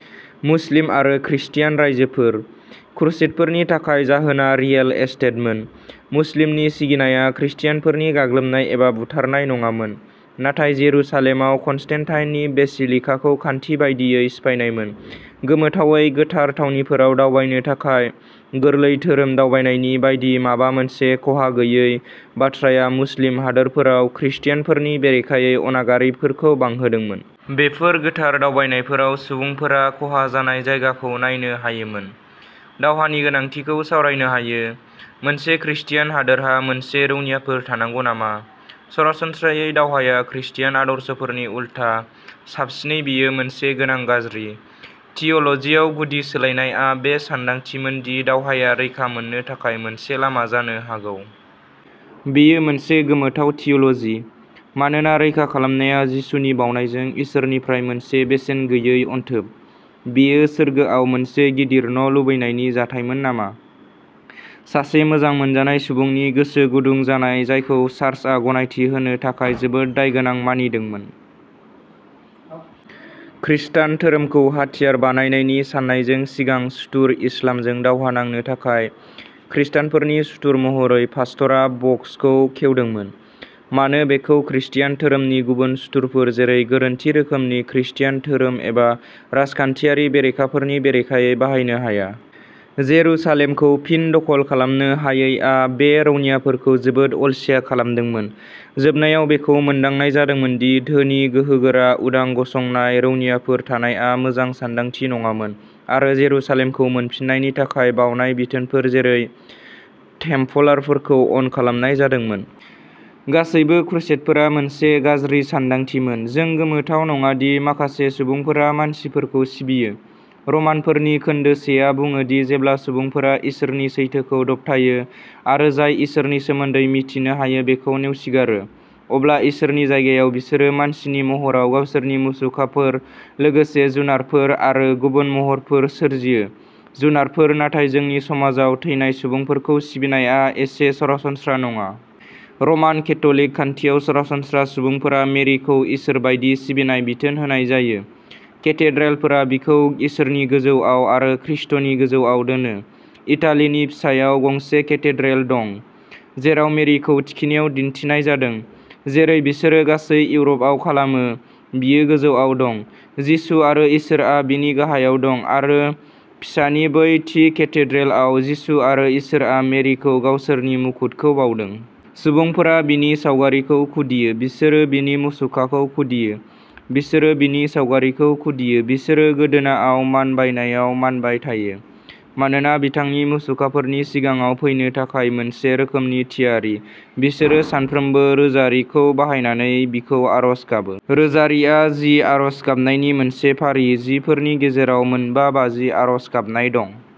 मुस्लिम आरो क्रिस्तियान रायजोफोर, क्रुसेडफोरनि थाखाय जाहोना रिएल एस्टेटमोन। मुस्लिमनि सिगिनाया क्रिस्तियानफोरनि गाग्लोबनाय एबा बुथारनाय नङामोन, नाथाय जेरुसालेमाव कन्स्टेनटाइननि बेसिलिकाखौ खान्थि बायदियै सिफायनायमोन। गोमोथावै गोथार थावनिफोराव दावबायनो थाखाय गोरलै धोरोम दावबायनायनि बायदि माबा मोनसे खहा गैयै बाथ्राया मुस्लिम हादोरफोराव क्रिस्तियानफोरनि बेरेखायै अनागारिफोरखौ बांहोदोंमोन। बेफोर गोथार दावबायनायफोराव सुबुंफोरा खहा जानाय जायगाखौ नायनो हायोमोन। दावहानि गोनांथिखौ सावरायनो हायो, मोनसे क्रिस्तियान हादोरहा मोनसे रौनियाफोर थानांगौ नामा? सरासनस्रायै दावहाया क्रिस्तियान आदर्शफोरनि उल्था, साबसिनै बेयो मोनसे गोनां गाज्रि। थिय'ल'जियाव गुदि सोलायनायआ बे सानदांथिमोन दि दावहाया रैखा मोननो थाखाय मोनसे लामा जानो हागौ। बेयो मोनसे गोमोथाव थिय'ल'जि, मानोना रैखा खालामनाया जिसुनि बावनायजों इसोरनिफ्राय मोनसे बेसेन गैयै अनथोब। बेयो सोरगोआव मोनसे गिदिर न' लुबैनायनि जाथायमोन नामा? सासे मोजां मोनजानाय सुबुंनि गोसो गुदुं जानाय जायखौ चार्चआ गनायथि होनो थाखाय जोबोद दायगोनां मानिदोंमोन। खृस्टान धोरोमखौ हाथियार बानायनायनि साननायजों सिगां "सुथुर" इस्लामजों दावहा नांनो थाखाय खृस्टानफोरनि सुथुर महरै पास्तरा बक्सखौ खेवदोंमोन मानो बेखौ क्रिस्तियान धोरोमनि गुबुन सुथुरफोर जेरै गोरोन्थि रोखोमनि क्रिस्तियान धोरोम एबा राजखान्थियारि बेरेखाफोरनि बेरेखायै बाहायनो हाया? जेरुसालेमखौ फिन दखल खालामनो हायैआ बे रौनियाफोरखौ जोबोद अलसिया खालामदोंमोन। जोबनायाव बेखौ मोनदांनाय जादोंमोन दि धोनि, गोहोगोरा, उदां गसंनाय रौनियाफोर थानायआ मोजां सानदांथि नङामोन आरो जेरुसालेमखौ मोनफिन्नायनि थाखाय बावनाय बिथोनफोर जेरै टेम्पलारफोरखौ अन खालामनाय जादोंमोन। गासैबो क्रुसेडफोरा मोनसे गाज्रि सानदांथिमोन। जों गोमोथाव नङा दि माखासे सुबुंफोरा मानसिफोरखौ सिबियो। रमानफोरनि खोन्दो सेआ बुङो दि जेब्ला सुबुंफोरा इसोरनि सैथोखौ दबथायो आरो जाय इसोरनि सोमोन्दै मिथिनो हायो बेखौ नेवसिगारो, अब्ला इसोरनि जायगायाव बिसोरो मानसिनि महराव गावसोरनि मुसुखाफोर लोगोसे जुनारफोर आरो गुबुन महरफोर सोरजियो जुनारफोर नाथाय जोंनि समाजाव थैनाय सुबुंफोरखौ सिबिनायआ एसे सरासनस्रा नङा। रमान केथ'लिक खान्थियाव सरासनस्रा सुबुंफोरा मेरिखौ इसोर बायदि सिबिनाय बिथोन होनाय जायो। केथेड्रेलफोरा बिखौ इसोरनि गोजौआव आरो खृष्टनि गोजौआव दोनो। इटालीनि पिसायाव गंसे केथेड्रेल दं, जेराव मेरिखौ थिखिनियाव दिन्थिनाय जादों, जेरै बिसोरो गासै इउर'पआव खालामो, बियो गोजौआव दं, जिसु आरो इसोरआ बिनि गाहायाव दं आरो पिसानि बै थि केथेड्रेलाव, जिसु आरो इसोरआ मेरिखौ गावसोरनि मुकुटखौ बाउदों। सुबुंफोरा बिनि सावगारिखौ खुदियो। बिसोरो बिनि मुसुखाखौ खुदियो। बिसोरो बिनि सावगारिखौ खुदियो। बिसोरो गोदोनाआव मानबायनायाव मानबाय थायो, मानोना बिथांनि मुसुखाफोरनि सिगाङाव फैनो थाखाय मोनसे रोखोमनि थियारि। बिसोरो सानफ्रोमबो रोजारिखौ बाहायनानै बिखौ आरज गाबो। रोजारिआ जि आरज गाबनायनि मोनसे फारि, जिफोरनि गेजेराव मोनबा बाजि आरज गाबनाय दं।